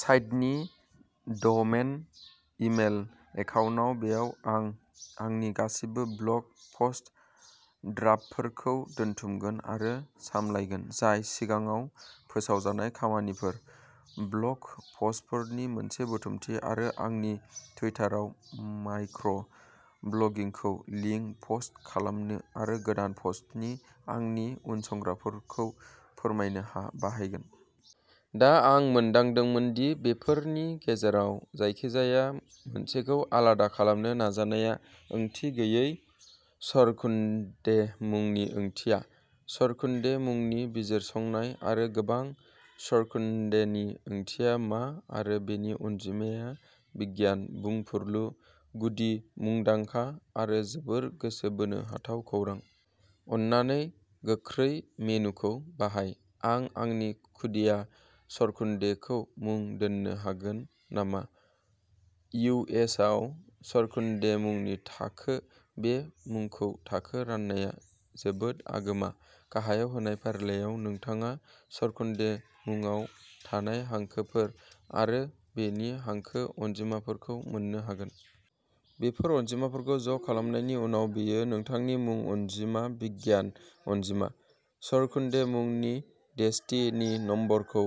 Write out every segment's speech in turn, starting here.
साइटनि domain email एकाउन्टाव बेयाव आं आंनि गासिबो ब्लग पस्ट ड्राफ्टफोरखौ दोनथुमगोन आरो सामलायगोन, जाय सिगाङाव फोसावजानाय खामानिफोर, ब्लग पस्टफोरनि मोनसे बुथुमथि आरो आंनि टुइटाराव माइक्र' ब्लगिंखौ लिंक पस्ट खालामनो आरो गोदान पस्टनि आंनि उनसंग्राफोरखौ फोरमायनो बा बाहायगोन। दा आं मोनदांदोंमोन दि बेफोरनि गेजेराव जायखिजाया मोनसेखौ आलादा खालामनो नाजानाया ओंथि गैयै सरकुन्डे मुंनि ओंथिया, सरकुन्डे मुंनि बिजिरसंनाय आरो गोबां सरकुन्डेनि ओंथिया मा आरो बेनि अनजिमा बिगियान, बुंफुरलु, गुदि, मुंदांखा आरो जोबोद गोसो बोनो हाथाव खौरां। अन्नानै गोख्रै मेनुखौ बाहाय। आं आंनि खुदिया सरकुन्डेखौ मुं दोन्नो हागोन नामा इउ एस आव सरकुन्डे मुंनि थाखो बे मुंखौ थाखो राननाया जोबोद आगोमा। गाहायाव होनाय फारियाव, नोंथाङा सरकुन्डे मुंआव थानाय हांखोफोर आरो बेनि हांखो अनजिमाफोरखौ मोन्नो हागोन। बेफोर अनजिमाफोरखौ ज'खालामनायनि उनाव, बेयो नोंथांनि मुं अनजिमा बिगियान अनजिमा। सरकुन्डे मुंनि डेस्टिनि नम्बरखौ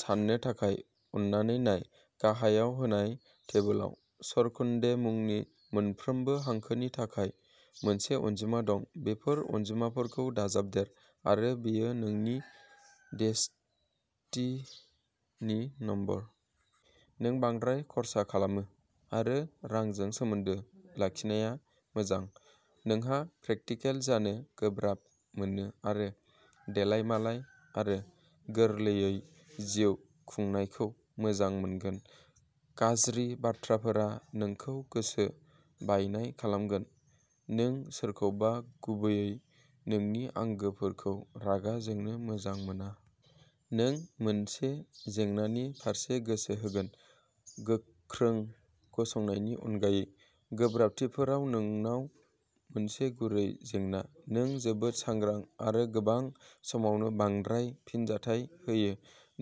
साननो थाखाय, अन्नानै नाय। गाहायाव होनाय टेबोलाव। सरकुन्डे मुंनि मोनफ्रोमबो हांखोनि थाखाय मोनसे अनजिमा दं। बेफोर अनजिमाफोरखौ दाजाबदेर आरो बेनो नोंनि डेस्टिनि नम्बर। नों बांद्राय खर्सा खालामो आरो रांजों सोमोन्दो लाखिनाया मोजां। नोंहा प्रेकटिकेल जानो गोब्राब मोनो आरो देलायमालाय आरो गोरलैयै जिउ खुंनायखौ मोजां मोनगोन। गाज्रि बाथ्राफोरा नोंखौ गोसो बायनाय खालामगोन। नों सोरखौबा गुबैयै नोंनि आंगोफोरखौ रागा जोंनो मोजां मोना। नों मोनसे जेंनानि फारसे गोसो होगोन, गोख्रों गसंनायनि अनगायै। गोब्राबथिफोरा नोंनाव मोनसे गुरै जेंना। नों जोबोद सांग्रां आरो गोबां समावनो बांद्राय फिनजाथाय होयो।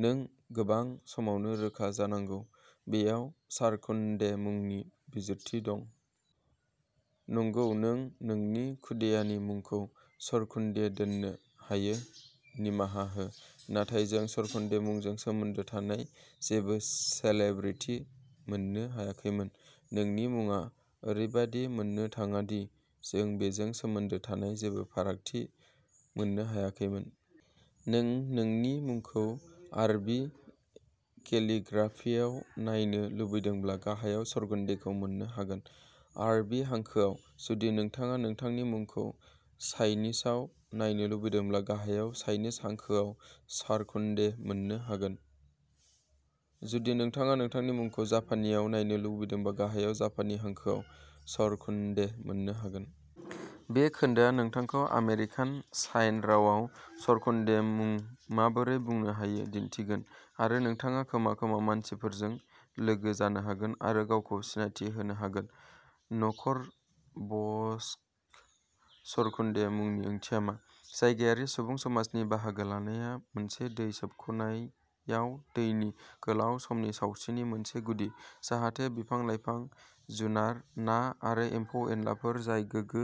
नों गोबां समावनो रोखा जानांगौ। बेयाव सरकुन्डे मुंनि बिजिरथि दं। नंगौ नों नोंनि खुदियानि मुंखौ सरकुन्डे दोन्नो हायो निमाहा हो, नाथाय जों सरकुन्डे मुंजों सोमोन्दो थानाय जेबो सेलेब्रिटि मोननो हायाखैमोन। नोंनि मुङा ओरैबादि मोननो थाङा दि जों बेजों सोमोन्दो थानाय जेबो फारागथि मोननो हायाखैमोन। नों नोंनि मुंखौ आरबी केलिग्राफियाव नायनो लुबैदोंब्ला गाहायाव सरकुन्डेखौ मोन्नो हागोन। आरबि हांखोआव। जुदि नोंथाङा नोंथांनि मुंखौ चाइनिसआव नायनो लुबैदोंब्ला गाहायाव चाइनिस हांखोआव सरकुन्डे मोन्नो हागोन। जुदि नोंथाङा नोंथांनि मुंखौ जापानीआव नायनो लुबैदोंब्ला गाहायाव जापानी हांखोआव सरकुन्डे मोन्नो हागोन। बे खोन्दोआ नोंथांखौ आमेरिकान साइन रावआव सरकुन्डे मुं माबोरै बुंनो हायो दिन्थिगोन आरो नोंथाङा खोमा खोमा मानसिफोरजों लोगो जानो हागोन आरो गावखौ सिनायथि होनो हागोन। न'खर बास्क सरकुन्डे मुंनि ओंथिया मा? जायगायारि सुबुं समाजनि बाहागो लानाया मोनसे दै सोबख' नायाव दैनि गोलाव समनि सावस्रिनि मोनसे गुदि, जाहाथे बिफां-लाइफां, जुनार, ना आरो एम्फौ-एनलाफोर जाय गोगो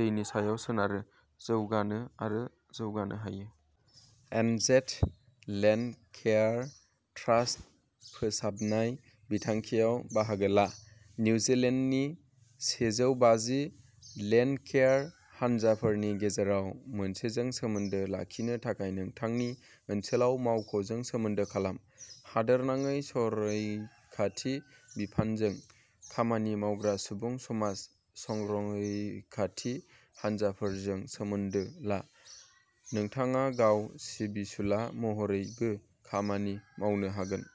दैनि सायाव सोनारो, जौगानो आरो जौगानो हायो। एनजेड लेन्डकेयार ट्रास्ट फोसाबनाय बिथांखियाव बाहागो ला। निउजिलेन्डनि सेजौबाजि लेन्डकेयार हानजाफोरनि गेजेराव मोनसेजों सोमोन्दो लाखिनो थाखाय नोंथांनि ओनसोलारि मावख'जों सोमोन्दो खालाम। हादोरनाङै संरैखाथि बिफानजों खामानि मावग्रा सुबुं समाज संरैखाथि हानजाफोरजों सोमोन्दो ला। नोंथाङा गाव सिबिसुला महरैबो खामानि मावनो हागोन।